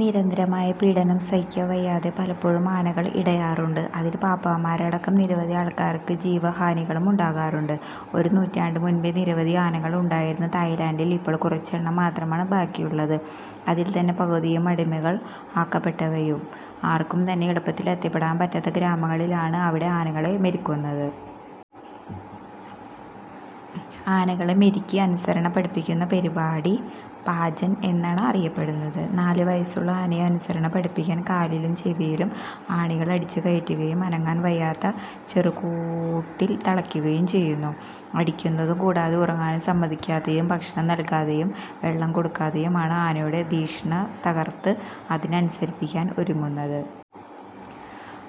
നിരന്തരമായ പീഡനം സഹിക്കവയ്യാതെ പലപ്പോഴും ആനകൾ ഇടയാറുണ്ട്, അതിൽ പാപ്പാന്മാരടക്കം നിരവധി ആൾക്കാർക്ക് ജീവഹാനികളും ഉണ്ടാവാറുണ്ട്. ഒരു നൂറ്റാണ്ടു മുൻപേ നിരവധി ആനകൾ ഉണ്ടായിരുന്ന തായിലൻ്റിൽ ഇപ്പോൾ കുറച്ച് എണ്ണം മാത്രമാണ് ബാക്കിയുള്ളത്, അതിൽ തന്നെ പകുതിയും അടിമകൾ ആക്കപ്പെട്ടവയും. ആർക്കും തന്നെ എളുപ്പത്തിൽ എത്തിപ്പെടാൻ പറ്റാത്ത ഗ്രാമങ്ങളിൽ ആണ് അവിടെ ആനകളെ മെരുക്കുന്നത്. ആനകളെ മെരുക്കി അനുസരണ പഠിപ്പിക്കുന്ന പരിപാടി പാജൻ എന്നാണ് അറിയപ്പെടുന്നത്. നാലു വയസ്സുള്ള ആനയെ അനുസരണ പഠിപ്പിക്കാൻ കാലിലും ചെവിയിലും ആണികൾ അടിച്ചുകയറ്റുകയും അനങ്ങാൻ വയ്യാത്ത ചെറുകൂട്ടിൽ തളയ്ക്കുകയും ചെയ്യുന്നു. അടിക്കുന്നതു കൂടാതെ ഉറങ്ങാൻ സമ്മതിക്കാതെയും, ഭക്ഷണം നൽകാതെയും, വെള്ളം കൊടുക്കാതെയും ആണ് ആനയുടെ ധിഷണ തകർത്ത് അതിനെ അനുസരിപ്പിക്കാൻ ഒരുക്കുന്നത്.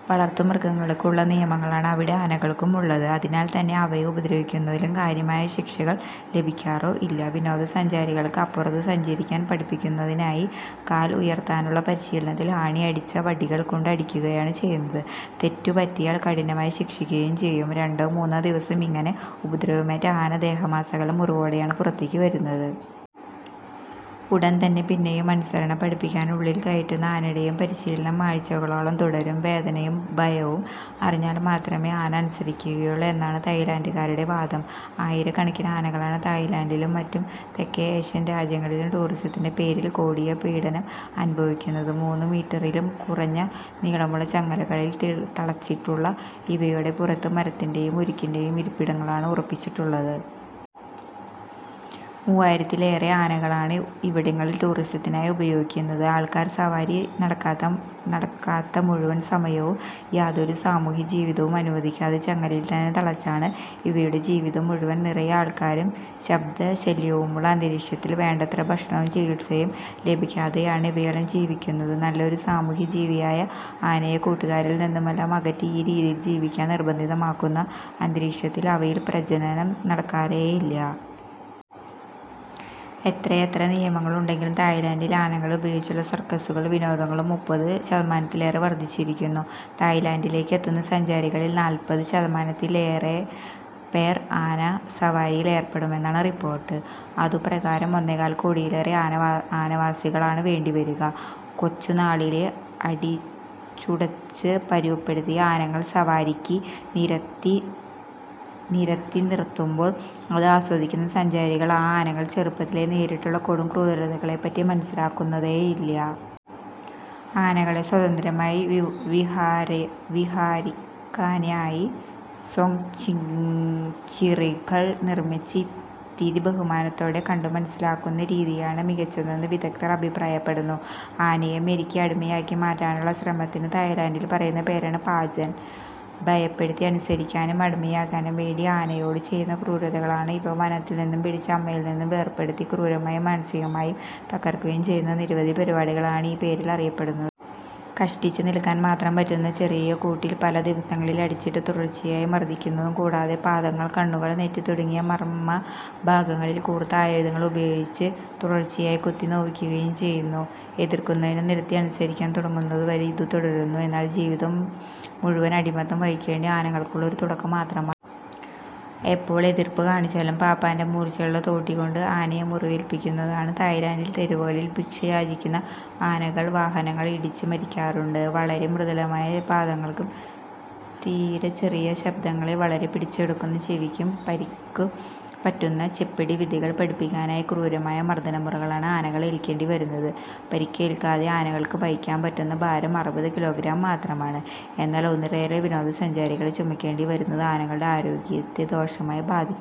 വളർത്തുമൃഗങ്ങൾക്ക് ഉള്ള നിയമങ്ങളാണ് അവിടെ ആനകൾക്കും ഉള്ളത്, അതിനാൽ തന്നെ അവയെ ഉപദ്രവിക്കുന്നതിനും കാര്യമായ ശിക്ഷകൾ ലഭിക്കാറേ ഇല്ല. വിനോദസഞ്ചാരികൾക്ക് ആനപ്പുറത്തു സഞ്ചരിക്കാൻ പഠിപ്പിക്കുന്നതിനായി കാൽ ഉയർത്താനുള്ള പരിശീലനത്തിൽ ആണി അടിച്ച വടികൾ കൊണ്ട് അടിക്കുകയാണ് ചെയ്യുന്നത്. തെറ്റു പറ്റിയാൽ കഠിനമായി ശിക്ഷിക്കുകയും ചെയ്യും. രണ്ടോ മൂന്നോ ദിവസം ഇങ്ങനെ ഉപദ്രവമേറ്റ ആന ദേഹമാസകലം മുറിവോടെയാണ് പുറത്തേക്ക് വരുന്നത്. ഉടൻ തന്നെ പിന്നെയും അനുസരണ പഠിപ്പിക്കാൻ ഉള്ളിൽ കയറ്റുന്ന ആനയുടെ പരിശീലനം ആഴ്ചകളോളം തുടരും. വേദനയും ഭയവും അറിഞ്ഞാൽ മാത്രമേ ആന അനുസരിക്കുകയുള്ളൂ എന്നാണ് തായിലൻ്റുകാരുടെ വാദം. ആയിരക്കണക്കിന് ആനകളാണ് തായിലൻ്റിലും മറ്റു തെക്കേ ഏഷ്യൻ രാജ്യങ്ങളിലും ടൂറിസത്തിൻ്റെ പേരിൽ കൊടിയപീഡനം അനുഭവിക്കുന്നത്. മൂന്നുമീറ്ററിലും കുറഞ്ഞ നീളമുള്ള ചങ്ങലകളിൽ തളച്ചിട്ടുള്ള ഇവയുടെ പുറത്ത് മരത്തിൻ്റെയും ഉരുക്കിൻ്റെയും ഇരിപ്പിടങ്ങളാണ് ഉറപ്പിച്ചിട്ടുള്ളത്. മൂവായിരത്തിലേറെ ആനകളെയാണ് ഇവിടങ്ങളിൽ ടൂറിസത്തിനായി ഉപയോഗിക്കുന്നത്. ആൾക്കാർ സവാരി നടക്കാത്ത മുഴുവൻ സമയവും യാതൊരു സാമൂഹ്യജീവിതവും അനുവദിക്കാതെ ചങ്ങലയിൽ തന്നെ തളച്ചാണ് ഇവയുടെ ജീവിതം മുഴുവൻ. നിറയെ ആൾക്കാരും ശബ്ദശല്യവുമുള്ള അന്തരീക്ഷത്തിൽ വേണ്ടത്ര ഭക്ഷണവും ചികിത്സയും ലഭിക്കാതെയാണ് ഇവയെല്ലാം ജീവിക്കുന്നത്. നല്ലൊരു സാമൂഹ്യജീവിയായ ആനയെ കൂട്ടുകാരിൽ നിന്നുമെല്ലാം അകറ്റി ഈ രീതിയിൽ ജീവിക്കാൻ നിർബന്ധിതമാക്കുന്ന അന്തരീക്ഷത്തിൽ അവയിൽ പ്രജനനം നടക്കാറേയില്ല. എത്രയെത്ര നിയമങ്ങൾ ഉണ്ടെങ്കിലും തായിലൻ്റിൽ ആനകളെ ഉപയോഗിച്ചുള്ള സർക്കസ്സുകളും വിനോദങ്ങളും മുപ്പത് ശതമാനത്തിലേറെ വർദ്ധിച്ചിരിക്കുന്നു. സഞ്ചാരികളിൽ നാല്പത് ശതമാനത്തിലേറെപ്പേർ ആനസവാരിയിൽ ഏർപ്പെടുമെന്നാണ് റിപ്പോർട്ട്. അതുപ്രകാരം ഒന്നേകാൽ കോടിയിലേറെ ആനസവാരികളാണ് വേണ്ടിവരിക. കൊച്ചുനാളിലേ അടിച്ചുടച്ച് പരുവപ്പെടുത്തിയ ആനകൾ സവാരിക്ക് നിരത്തിനിർത്തുമ്പോൾ അത് ആസ്വദിക്കുന്ന സഞ്ചാരികൾ ആ ആനകൾ ചെറുപ്പത്തിൽ നേരിട്ടിട്ടുള്ള കൊടുംക്രൂരതകളെപ്പറ്റി മനസ്സിലാക്കുന്നതേയില്ല. ആനകളെ സ്വന്തന്ത്രമായി വിഹരിക്കാനായി സാങ്ച്വറികൾ നിർമ്മിച്ച് ഇത്തിരി ബഹുമാനത്തോടെ കണ്ടുമനസ്സിലാക്കാവുന്ന രീതിയാണ് മികച്ചതെന്ന് വിദഗ്ധ്ർ അഭിപ്രായപ്പെടുന്നു. ആനയെ മെരുക്കി അടിമയാക്കിമാറ്റാനുള്ള ശ്രമത്തിനു തായിലൻ്റിൽ പറയുന്ന പേരാണ് പജാൻ. ഭയപ്പെടുത്തി അനുസരിപ്പിക്കാനും അടിമയാക്കാനും വേണ്ടി ആനയോടു ചെയ്യുന്ന ക്രൂരതകൾ ആണ് ഇവ. വനത്തിൽ നിന്നും പിടിച്ച് അമ്മയിൽ നിന്നും വേർപേടുത്തി ക്രൂരവും മാനസികമായി തകർക്കുകയും ചെയ്യുന്ന നിരവധി പരിപാടികൾ ആണ് ഈ പേരിൽ അറിയപ്പെടുന്നത്. കഷ്ടിച്ച് നിൽക്കാൻ മാത്രം പറ്റുന്ന ചെറിയ കൂട്ടിൽ പല ദിവസങ്ങൾ അടച്ചിട്ട് തുടർച്ചയായി മർദ്ദിക്കുന്നതു കൂടാതെ പാദങ്ങൾ, കണ്ണുകൾ, നെറ്റി തുടങ്ങിയ മർമ്മ ഭാഗങ്ങളിൽ കൂർത്ത ആയുധങ്ങൾ ഉപയോഗിച്ച് തുടർച്ചയായി കുത്തിനോവിക്കുകയും ചെയ്യുന്നു. എതിർക്കുന്നതു നിർത്തി അനുസരിക്കാൻ തുടങ്ങുന്നതുവരെ ഇത് തുടരുന്നു. എന്നാൽ ജീവിതം മുഴുവൻ അടിമത്തം വഹിക്കേണ്ട ആനകൾക്കുള്ള ഒരു തുടക്കം മാത്രമാണിത്. എപ്പോൾ എതിർപ്പ് കാണിച്ചാലും പാപ്പാൻ്റെ മൂർച്ചയുള്ള തോട്ടികൊണ്ട് ആനയെ മുറിവേൽപ്പിക്കുന്നതാണ്. തായിലൻ്റിൽ തെരുവുകളിൽ ഭിക്ഷ യാചിക്കുന്ന ആനകൾ വാഹനങ്ങൾ ഇടിച്ച് മരിക്കാറുണ്ട്. വളരെ മൃദുലമായ പാദങ്ങൾക്കും തീരെച്ചെറിയ ശബ്ദങ്ങളെ വരെ പിടിച്ചെടുക്കുന്ന ചെവിക്കും പരിക്കുപറ്റുന്നു. ചെപ്പടിവിദ്യകൾ പഠിപ്പിക്കാനായി ക്രൂരമായ മർദ്ദനമുറകളാണ് ആനകൾ ഏൽക്കേണ്ടിവരുന്നത്. പരിക്കേൽക്കാതെ ആനകൾക്ക് വഹിക്കാൻ പറ്റുന്ന ഭാരം അറുപത് കിലോഗ്രാം മാത്രമാണ്, എന്നാൽ ഒന്നിലേറെ വിനോദസഞ്ചാരികളെ ചുമക്കേണ്ടിവരുന്നത് ആനകളുടെ ആരോഗ്യത്തെ ദോഷമായി ബാധിക്കുന്നുണ്ട്.